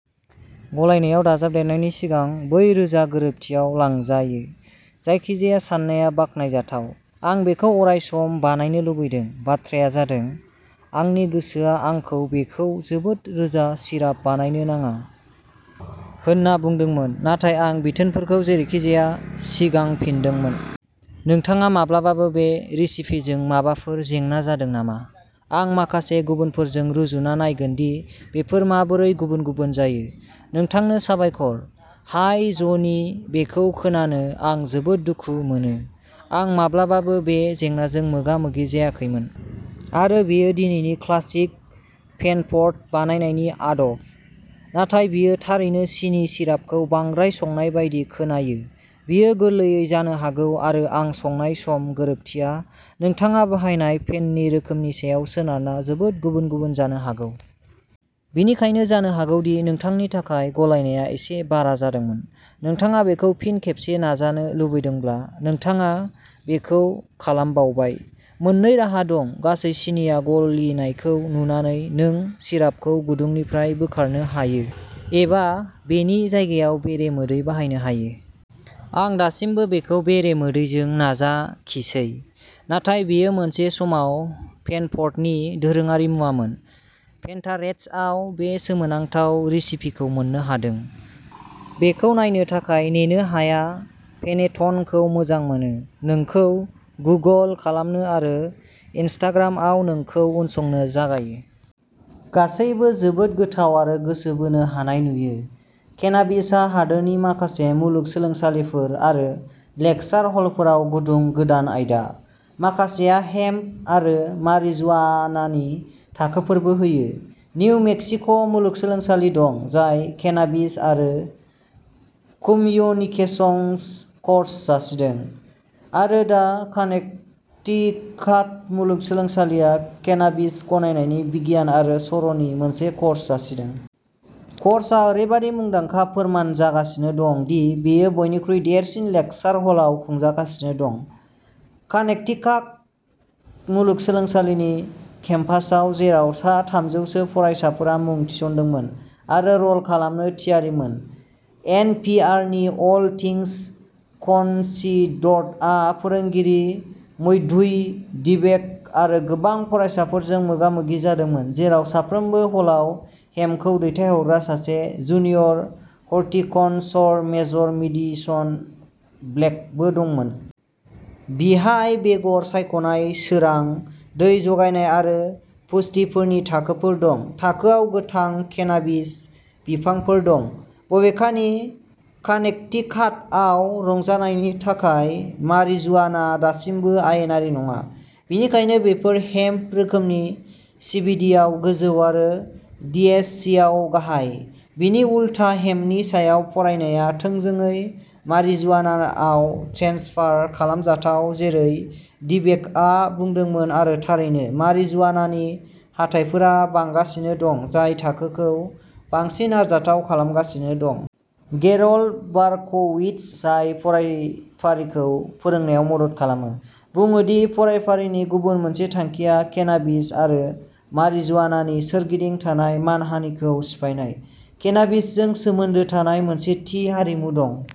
गलायनायाव दाजाबदेरनायनि सिगां बै रोजा गोरोबथियाव लांजायो। जायखिजाया साननाया बाख्नायजाथाव। आं बेखौ अरायसम बानायनो लुबैदों। बाथ्राया जादों, आंनि गोसोआ आंखौ बेखौ जोबोद रोजा सिराप बानायनो नाङा होनना बुंदोंमोन, नाथाय आं बिथोनफोरखौ जेरैखिजाया सिगांफिनदोंमोन। नोंथाङा माब्लाबाबो बे रेसिपिजों माबाफोर जेंना जादों नामा? आं माखासे गुबुनफोरजों रुजुना नायगोन दि बेफोर माबोरै गुबुन गुबुन जायो। नोंथांनो साबायखर! हाय ज'नि, बेखौ खोनानो आं जोबोद दुखु मोनो। आं माब्लाबाबो बे जेंनाजों मोगा मोगि जायाखैमोन आरो बेयो दिनैनि क्लासिक पेनफर्ट बानायनायनि आदब, नाथाय बेयो थारैनो सिनि सिरापखौ बांद्राय संनाय बायदि खोनायो बेयो गोरलैयै जानो हागौ आरो आं संनाय सम गोरोबथिया नोंथाङा बाहायनाय पेननि रोखोमनि सायाव सोनारना जोबोद गुबुन गुबुन जानो हागौ। बेनिखायनो जानो हागौ दि नोंथांनि थाखाय गलायनाया एसे बारा जादोंमोन। नोंथाङा बेखौ फिन खेबसे नाजानो लुबैदोंब्ला, नोंथाङा बेखौ खालामबावबाय। मोननै राहा दं गासै सिनिआ गलिनायखौ नुनानै नों सिरापखौ गुदुंनिफ्राय बोखारनो हायो एबा बेनि जायगायाव बेरे मोदै बाहायनो हायो। आं दासिमबो बेखौ बेरे मोदैजों नाजाखिसै नाथाय बेयो मोनसे समाव पेनफर्टनि दोरोङारि मुवामोन। पिन्टारेस्टआव बे सोमोनांथाव रेसिपिखौ मोन्नो हादों, बेखौ नायनो थाखाय नेनो हाया पेनेट'नखौ मोजां मोनो, नोंखौ गुगल खालामो आरो इनस्टाग्रामआव नोंखौ उनसंनो जागायो। गासैबो जोबोद गोथाव आरो गोसो बोनो हानाय नुयो। केनाबिसआ हादोरनि माखासे मुलुगसोलोंसालिफोर आरो लेकसार हलफोराव गुदुं गोदान आयदा, माखासेआ हेम्प आरो मारिजुआनानि थाखोफोरबो होयो। निउ मेक्सिक' मुलुगसोलोंसालि दं, जाय केनाबिस आरो कम्युनिकेशंस' कर्स जासिदों आरो दा कानेक्टिकाट मुलुगसोलोंसालिया केनाबिस गायनायनि बिगियान आरो सर'नि मोनसे कर्स जासिदों। कर्सआ ओरैबादि मुंदांखा फोरमान जागासिनो दं दि बेयो बयनिख्रुइ देरसिन लेकसार हलाव खुंजागासिनो दं। कानेक्टिकाट मुलुगसोलोंसालिनि केम्पासआव, जेराव सा थामजौसो फरायसाफोरा मुं थिसनदोंमोन आरो रल खालामनो थियारिमोन। एन पि आर नि अल थिंस कन्सिडर्डआ फोरोंगिरि, मैथ्यू डिबेक' आरो गोबां फरायसाफोरजों मोगा मोगि जादोंमोन, जेराव सानफ्रोमबो ह'लाव हेम्पखौ दैथायहरग्रा सासे, जुनियर हर्टिकल्चर मेजर मेडिसन ब्लेकबो दंमोन। बिहाय बेगर सायख'नाय, सोरां, दै जगायनाय आरो पुष्टिफोरनि थाखोफोर दं। थाखोयाव गोथां केनाबिस बिफांफोर दं। बबेखानि, कानेक्टिकाटआव रंजानायनि थाखाय मारिजुआना दासिमबो आयेनारि नङा, बेनिखायनो बेफोर हेम्प रोखोमनि सिबिडिआव गोजौ आरो टिएचसिआव गाहाय। बिनि उलथा, हेम्पनि सायाव फरायनाया थोंजोङै मारिजुआनाआव ट्रेन्सफार खालामजाथाव, जेरै डिबेक'आ बुंदोंमोन आरो थारैनो, मारिजुआनानि हाथाइफोरा बांगासिनो दं, जाय थाखोखौ बांसिन आरजाथाव खालामगासिनो दं। गेरल्ड बारक'विट्स, जाय फरायफारिखौ फोरोंनायाव मदद खालामो, बुङो दि फरायफारिनि गुबुन मोनसे थांखिया केनाबिस आरो मारिजुआनानि सोरगिदिं थानाय मानहानिखौ सिफायनाय। केनाबिसजों सोमोन्दो थानाय मोनसे थि हारिमु दं।